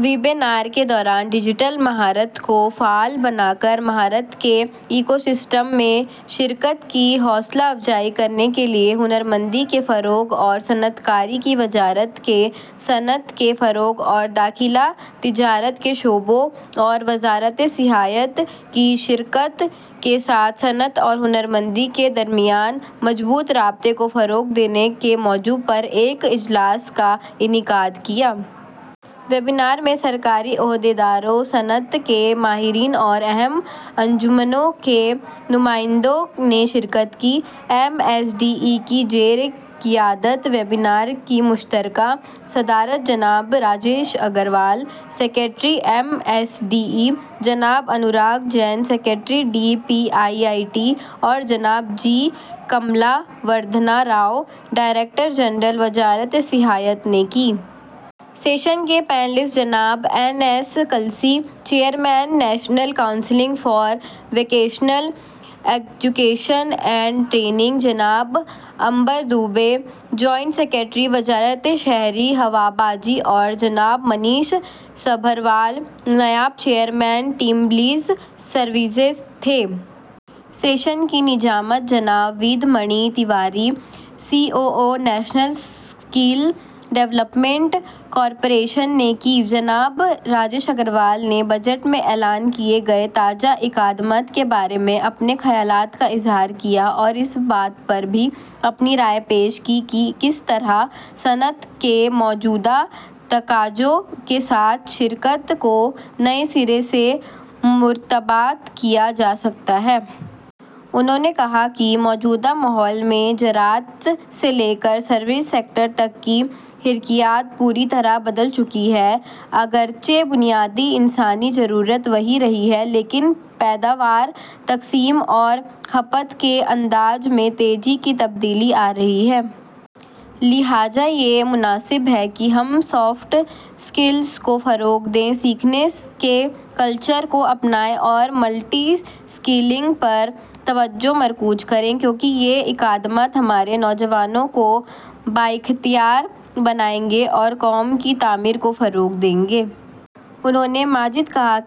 Webinar کے دوران digital مہارتوں کو فعال کرکے مہارت کے ایکوسسٹم میں شرکت کی حوصلہ افزائی کرنے کے لیے ہنرمندی کے فروغ اور صنعت کاری کی وزارت نے صنعت کے فروغ اور داخلی تجارت کے محکمہ اور وزارت سیاحت کی شراکت کے ساتھ صنعت-ہنر مندی کے درمیان مضبوط رابطہ کو فروغ دینے کے موضوع پر ایک اجلاس کا انعقاد کیا۔ ویبینار میں سرکاری افسران، صنعت کے ماہرین اور اہم انجمنوں کے نمائندوں نے شرکت کی۔ ایم ایس ڈی ای کی زیرقیادت ویبینار کی مشترکہ صدارت جناب Rajesh Agarwal, secretary, M S D E, جناب Anurag Jain, secretary, D P I I T اور جناب G Kamala Vardhana Rao, director general, وزارت سیاحت نے کی۔ سیشن کے پینلسٹ جناب N S Kalsi, chairman, national council for vocational education and training, جناب امبر دوبے، جوائنٹ سکریٹری، شہری ہوا بازی کی وزارت اور جناب منیش سابھروال، نائب چیئرمین، ٹیم لیز سروسز تھے۔ سیشن کی نظامت جناب Ved Mani Tiwari, C O O, national skill development corporation نے کی۔ جناب راجیش اگروال نے بجٹ میں اعلان کردہ تازہ ترین اقدامات کے بارے میں اپنے خیالات کا اظہار کیا اور اس بات پر اپنے خیالات کا اظہار کیا کہ کس طرح صنعت کے موجودہ تقاضوں کے ساتھ شراکت داری کو دوبارہ ترتیب دیا جا سکتا ہے۔ انہوں نے کہا کہ موجودہ ماحول میں زراعت سے لے کر سروس سیکٹر تک کی حرکیات پوری طرح بدل چکی ہے۔ اگرچہ بنیادی انسانی ضروریات وہی رہی ہیں، پیداوار، تقسیم اور کھپت کے انداز میں تیزی سے تبدیلی آ رہی ہے۔ لہذا یہ مناسب ہے کہ ہم سافٹ اسکلز کو فروغ دیں، سیکھنے کے کلچر کو اپنائیں اور ملٹی اسکلنگ پر توجہ مرکوز کریں، کیونکہ یہ اقدامات ہمارے نوجوانوں کو بااختیار بنائیں گے اور قوم کی تعمیر کو فروغ دیں گے۔ انہوں نے مزید کہا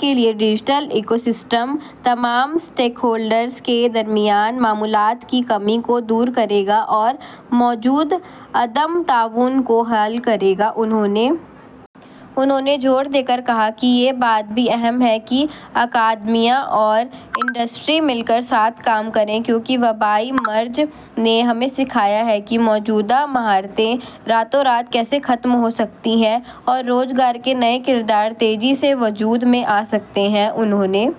کہ ڈیجیٹل ایکو سسٹم برائے ہنر اور معاش اسٹیک ہولڈرز کے درمیان معلومات کی کمی کو دور کرے گا اور موجودہ عدم توازن کو حل کرے گا۔ انہوں نے زور دے کر کہا کہ یہ بات بھی اہم ہے کہ اکیڈمیا اور انڈسٹری ایک ساتھ مل کر کام کریں کیونکہ وبائی مرض نے ہمیں سکھایا ہے کہ موجودہ مہارتیں راتوں رات کیسے ختم ہو سکتی ہیں اور ملازمت کے نئے کردار تیزی سے تیار ہو سکتے ہیں۔ انہوں